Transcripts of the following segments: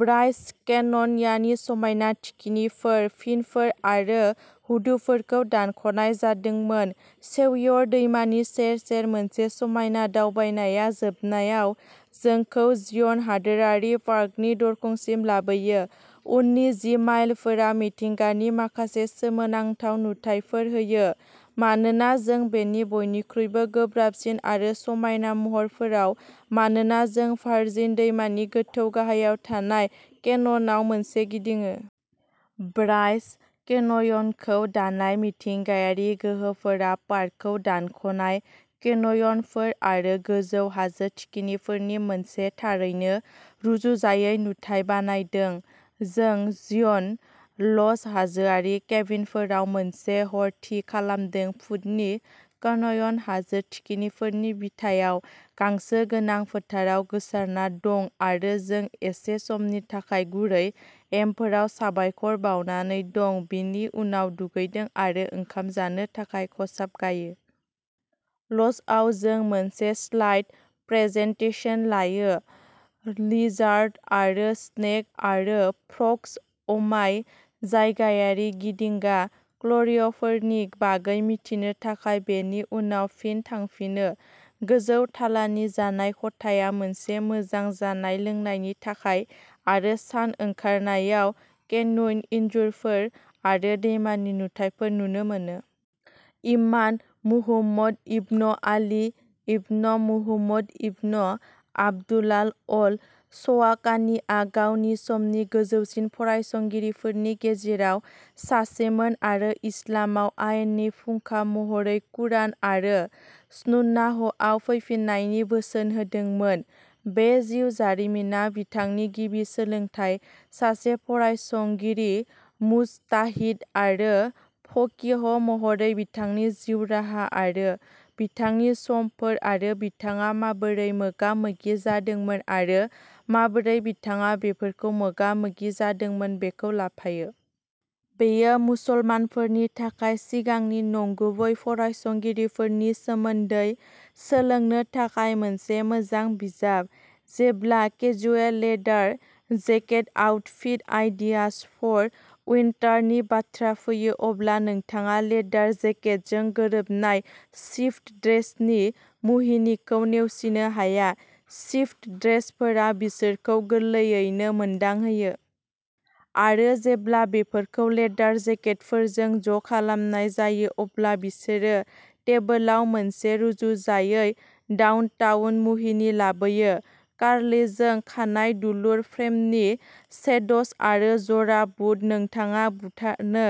Bryce केनयाननि समायना थिखिनिफोर फिनफोर आरो हुदुफोरखौ दानख'नाय जादोंमोन। सेवियर दैमानि सेर सेर मोनसे समायना दावबायनाया जोबनायाव जोंखौ जिय'न हादोरारि पार्कनि दरखंसिम लाबोयो। उननि जि माइलफोरा मिथिंगानि माखासे सोमोनांथाव नुथायफोर होयो मानोना जों बेनि बयनिख्रुइबो गोब्राबसिन आरो समायना महरफोराव मानोना जों भार्जिन दैमानि गोथौ गाहायाव थानाय केनयनाव मोनसे गिदिङो। ब्राइस केनय'नखौ दानाय मिथिंगायारि गोहोफोरा पार्कखौ दानख'नाय केनय'नफोर आरो गोजौ हाजो थिखिनिफोरनि मोनसे थारैनो रुजुजायै नुथाय बानायदों। जों जिय'न ल'ज हाजोआरि केबिनफोराव मोनसे हर थि खालामदों, फुटनि केनय'न हाजो थिखिनिफोरनि बिथायाव गांसो गोनां फोथाराव गोसारना दं आरो जों एसे समनि थाखाय गुरै एमफोराव साबायखर बावनानै दं बिनि उनाव दुगैदों आरो ओंखाम जानो थाखाय खसाब गायो। ल'जआव जों मोनसे स्लाइड प्रेजेन्टेसन लायो लिजार्ड आरो स्नेक आरो फ्र'ग्स अ'माय जायगायारि गिदिंगा क्र'लिफोरनि बागै मिथिनो थाखाय, बेनि उनाव फिन थांफिनो। गोजौ थालानि जानाय खथाया मोनसे मोजां जानाय लोंनायनि थाखाय आरो सान ओंखारनायाव केन्यन इनजुरफोर आरो दैमानि नुथायफोर नुनो मोनो। इमाम Muhammad ibn Ali ibn Muhammad ibn Abdullah al शवाकानीआ गावनि समनि गोजौसिन फरायसंगिरिफोरनि गेजेराव सासेमोन आरो इस्लामाव आयेननि फुंखा महरै कुरान आरो सुन्नाहआव फैफिन्नायनि बोसोन होदोंमोन। बे जिउ जारिमिना बिथांनि गिबि सोलोंथाय सासे फरायसंगिरि मुजताहिद आरो फकीह महरै बिथांनि जिउ राहा आरो बिथांनि समफोर आरो बिथाङा माबोरै मोगा मोगि जादोंमोन आरो माबोरै बिथाङा बेफोरखौ मोगा मोगि जादोंमोन बेखौ लाफायो। बेयो मुसलमानफोरनि थाखाय सिगांनि नंगुबै फरायसंगिरिफोरनि सोमोन्दै सोलोंनो थाखाय मोनसे मोजां बिजाब। जेब्ला casual leather jacket outfit ideas for उइन्टारनि बाथ्रा फैयो अब्ला नोंथाङा लेदार जेकेटजों गोरोबनाय शिफ्ट ड्रेसनि मुहिनिखौ नेवसिनो हाया। शिफ्ट ड्रेसफोरा बिसोरखौ गोरलैयैनो मोनदांहोयो। आरो जेब्ला बेफोरखौ लेदार जेकेटफोरजों ज'खालामनाय जायो, अब्ला बिसोरो टेबोलाव मोनसे रुजुजायै डाउनटाउन मुहिनि लाबोयो। कार्लिजों खानाइ दुलुर फ्रेमनि शेड्स आरो जरा बुट नोंथाङा बुथारनो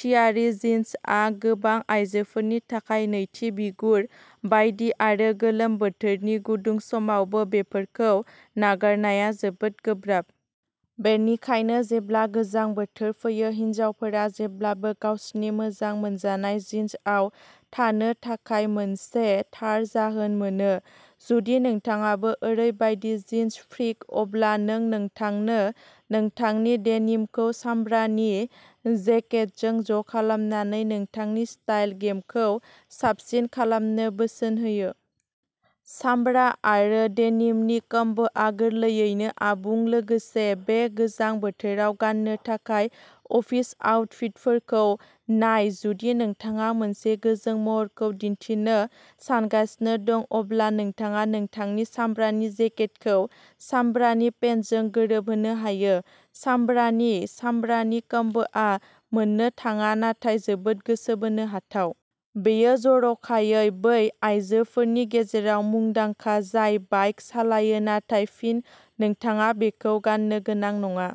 थियारि। जिन्सआ गोबां आइजोफोरनि थाखाय नैथि बिगुर बायदि आरो गोलोम बोथोरनि गुदुं समावबो बेफोरखौ नागारनाया जोबोद गोब्राब। बेनिखायनो, जेब्ला गोजां बोथोर फैयो हिनजावफोरा जेब्लाबो गावसोरनि मोजां मोनजानाय जिन्सआव थानो थाखाय मोनसे थार जाहोन मोनो। जुदि नोंथाङाबो ओरैबायदि जिन्स फ्रिक अब्ला जों नोंथांनो नोंथांनि डेनिमखौ सामब्रानि जेकेटजों ज'खालामनानै नोंथांनि स्टाइल गेमखौ साबसिन खालामनो बोसोन होयो। सामब्रा आरो डेनिमनि कम्बोआ गोरलैयैनो आबुं लोगोसे बे गोजां बोथोराव गान्नो थाखाय अफिस आउटफिटफोरखौ नाय जुदि नोंथाङा मोनसे गोजों महरखौ दिन्थिनो सानगासिनो दं अब्ला नोंथाङा नोंथांनि सामब्रानि जेकेटखौ सामब्रानि पेन्टजों गोरोबहोनो हायो। सामब्रानि सामब्रानि कम्बोआ मोननो थाङा नाथाय जोबोद गोसो बोनो हाथाव। बेयो जर'खायै बै आयजोफोरनि गेजेराव मुंदांखा जाय बाइक सालायो नाथाय फिन नोंथाङा बेखौ गाननो गोनां नङा।